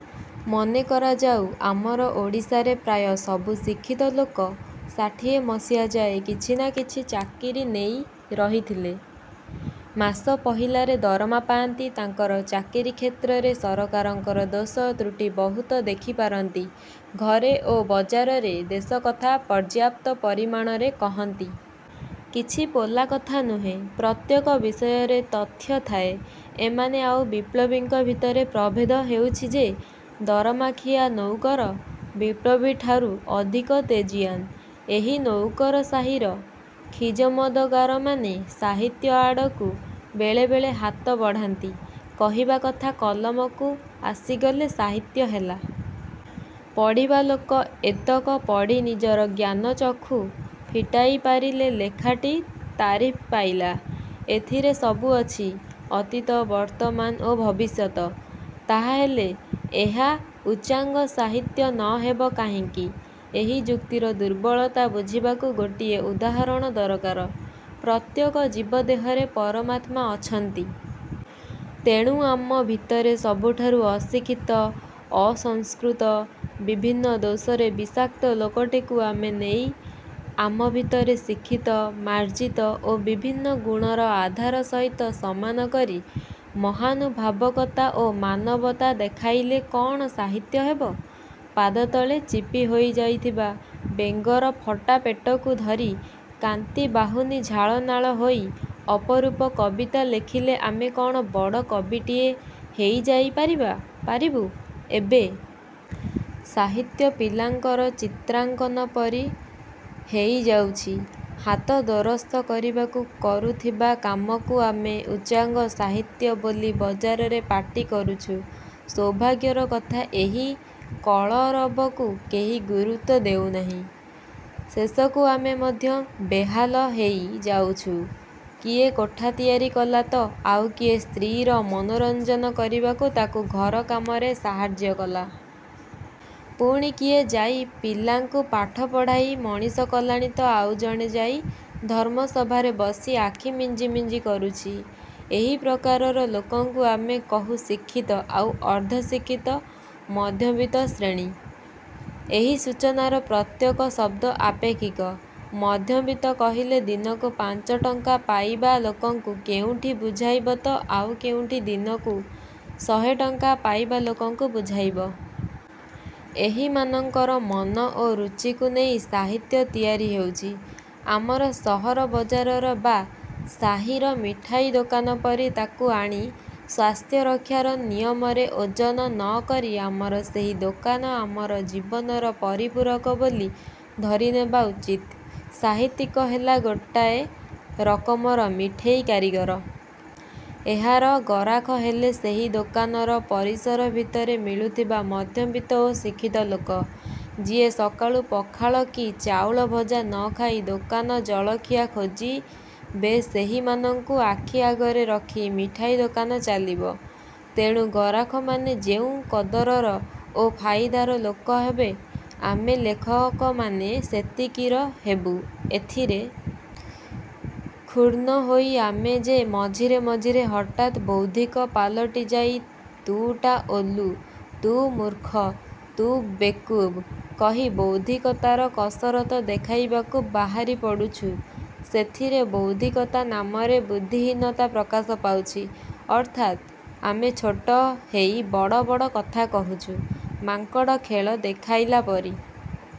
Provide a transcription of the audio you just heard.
ମନେ କରାଯାଉ ଆମର ଓଡ଼ିଶାରେ ପ୍ରାୟ ସବୁ ଶିକ୍ଷିତ ଲୋକ ଷାଠିଏ ମସିହାଯାଏ କିଛି ନା କିଛି ଚାକିରି ନେଇ ରହିଥିଲେ। ମାସ ପହିଲାରେ ଦରମା ପାଆନ୍ତି। ତାଙ୍କର ଚାକିରି କ୍ଷେତ୍ରରେ ସରକାରଙ୍କର ଦୋଷ ତୃଟି ବହୁତ ଦେଖି ପାରନ୍ତି। ଘରେ ଓ ବଜାରରେ ଦେଶକଥା ପର୍ଯ୍ୟାପ୍ତ ପରିମାଣରେ କହନ୍ତି। କିଛି ପୋଲା କଥା ନୁହେଁ। ପ୍ରତ୍ୟେକ ବିଷୟରେ ତଥ୍ୟ ଥାଏ। ଏମାନେ ଆଉ ବିପ୍ଳବୀଙ୍କ ଭିତରେ ପ୍ରଭେଦ ହେଉଛି ଯେ ଦରମାଖିଆ ନୌକର ବିପ୍ଳବୀଠାରୁ ଅଧିକ ତେଜିୟାନ୍। ଏହି ନୌକରସାହୀର ଖିଜମଦଗାରମାନେ ସାହିତ୍ୟ ଆଡ଼କୁ ବେଳେବେଳେ ହାତ ବଢ଼ାନ୍ତି। କହିବା କଥା କଲମକୁ ଆସିଗଲେ ସାହିତ୍ୟ ହେଲା। ପଢ଼ିବା ଲୋକ ଏତକ ପଢ଼ି ନିଜର ଜ୍ଞାନଚକ୍ଷୁ ଫିଟାଇ ପାରିଲେ ଲେଖାଟି ତାରିଫ୍ ପାଇଲା। ଏଥିରେ ସବୁ ଅଛି। ଅତୀତ, ବର୍ତ୍ତମାନ୍ ଓ ଭବିଷ୍ୟତ୍। ତାହାହେଲେ ଏହା ଉଚ୍ଚାଙ୍ଗ ସାହିତ୍ୟ ନ ହେବ କାହିଁକି? ଏହି ଯୁକ୍ତିର ଦୁର୍ବଳତା ବୁଝିବାକୁ ଗୋଟିଏ ଉଦାହରଣ ଦରକାର। ପ୍ରତ୍ୟେକ ଜୀବ ଦେହରେ ପରମାତ୍ମା ଅଛନ୍ତି। ତେଣୁ ଆମ ଭିତରେ ସବୁଠାରୁ ଅଶିକ୍ଷିତ, ଅସଂସ୍କୃତ, ବିଭିନ୍ନ ଦୋଷରେ ବିଷାକ୍ତ ଲୋକଟିକୁ ଆମେ ନେଇ ଆମ ଭିତର ଶିକ୍ଷିତ, ମାର୍ଜିତ ଓ ବିଭିନ୍ନ ଗୁଣର ଆଧାର ସହିତ ସମାନ କରି ମହାନୁଭାବକତା ଓ ମାନବତା ଦେଖାଇଲେ କ'ଣ ସାହିତ୍ୟ ହେବ? ପାଦତଳେ ଚିପି ହୋଇ ଯାଇଥିବା ବେଙ୍ଗର ଫଟା ପେଟକୁ ଧରି କାନ୍ତି ବାହୁନି ଝାଳନାଳ ହୋଇ ଅପରୂପ କବିତା ଲେଖିଲେ ଆମେ କ'ଣ ବଡ଼ କବିଟିଏ ହେଇଯାଇ ପରିବା ପାରିବୁ? ଏବେ ସାହିତ୍ୟ ପିଲାଙ୍କର ଚିତ୍ରାଙ୍କନ ପରି ହେଇଯାଉଛି। ହାତ ଦୋରସ୍ତ କରିବାକୁ କରୁଥିବା କାମକୁ ଆମେ ଉଚ୍ଚାଙ୍ଗ ସାହିତ୍ୟ ବୋଲି ବଜାରରେ ପାଟି କରୁଛୁ। ସୌଭାଗ୍ୟର କଥା ଏହି କଳରବକୁ କେହି ଗୁରୁତ୍ୱ ଦେଉ ନାହିଁ। ଶେଷକୁ ଆମେ ମଧ୍ୟ ବେହାଲ ହେଇ ଯାଉଛୁ। କିଏ କୋଠା ତିଆରି କଲା ତ ଆଉ କିଏ ସ୍ତ୍ରୀର ମନୋରଞ୍ଜନ କରିବାକୁ ତାକୁ ଘର କାମରେ ସାହାଯ୍ୟ କଲା। ପୁଣି କିଏ ଯାଇ ପିଲାଙ୍କୁ ପାଠପଢ଼ାଇ ମଣିଷ କଲାଣି ତ ଆଉ ଜଣେ ଯାଇ ଧର୍ମସଭାରେ ବସି ଆଖି ମିଞ୍ଜି ମିଞ୍ଜି କରୁଛି। ଏହି ପ୍ରକାରର ଲୋକଙ୍କୁ ଆମେ କହୁ ଶିକ୍ଷିତ ଆଉ ଅର୍ଦ୍ଧଶିକ୍ଷିତ ମଧ୍ୟବିତ୍ତ ଶ୍ରେଣୀ। ଏହି ସୂଚନାର ପ୍ରତ୍ୟେକ ଶବ୍ଦ ଆପେଷିକ। ମଧ୍ୟବିତ୍ତ କହିଲେ ଦିନକୁ ପାଞ୍ଚଟଙ୍କା ପାଇବା ଲୋକଙ୍କୁ କେଉଁଠି ବୁଝାଇବ ତ ଆଉ କେଉଁଠି ଦିନକୁ ଶହେଟଙ୍କା ପାଇବା ଲୋକକୁ ବୁଝାଇବ। ଏହିମାନଙ୍କର ମନ ଓ ରୁଚିକୁ ନେଇ ସାହିତ୍ୟ ତିଆରି ହେଉଛି। ଆମର ସହର ବଜାରର ବା ସାହୀର ମିଠାଇ ଦୋକାନ ପରି। ତା'କୁ ଆଣି ସ୍ୱାସ୍ଥ୍ୟରକ୍ଷାର ନିୟମରେ ଓଜନ ନ କରି ଆମର ସେହି ଦୋକାନ ଆମର ଜୀବନର ପରିପୂରକ ବୋଲି ଧରିନେବା ଉଚିତ୍। ସାହିତ୍ୟିକ ହେଲା ଗୋଟାଏ ରକମର ମିଠେଇ କାରିଗର। ଏହାର ଗରାଖ ହେଲେ ସେହି ଦୋକାନର ପରିସର ଭିତରେ ମିଳୁଥିବା ମଧ୍ୟବିତ୍ତ ଓ ଶିକ୍ଷିତ ଲୋକ। ଯିଏ ସକାଳୁ ପଖାଳ କି ଚାଉଳଭଜା ନ ଖାଇ ଦୋକାନଜଳଖିଆଖୋଜିବେସେହିମାନଙ୍କୁ ଆଖି ଆଗରେ ରଖି ମିଠାଇ ଦୋକାନ ଚାଲିବ। ତେଣୁ ଗରାଖମାନେ ଯେଉଁ କଦରର ଓ ଫାଇଦାର ଲୋକ ହେବେ ଆମେ ଲେଖକମାନେ ସେତିକିର ହେବୁ। ଏଥିରେ କ୍ଷୁଣ୍ଣ ହୋଇ ଆମେ ଯେ ମଝିରେ ମଝିରେ ହଠାତ୍ ବୌଦ୍ଧିକ ପାଲଟି ଯାଇ ତୁ ଟା ଓଲୁ, ତୁ ମୁର୍ଖ, ତୁ ବେକୁବ୍ କହି ବୌଦ୍ଧିକତାର କସରତ ଦେଖାଇବାକୁ ବାହାରି ପଡ଼ୁଛୁ ସେଥିରେ ବୌଦ୍ଧିକତା ନାମରେ ବୁଦ୍ଧିହୀନତା ପ୍ରକାଶ ପାଉଛି। ଅର୍ଥାତ୍ ଆମେ ଛୋଟ ହେଇ ବଡ଼ ବଡ଼ କଥା କହୁଛୁ। ମାଙ୍କଡ଼ ଖେଳ ଦେଖାଇଲା ପରି।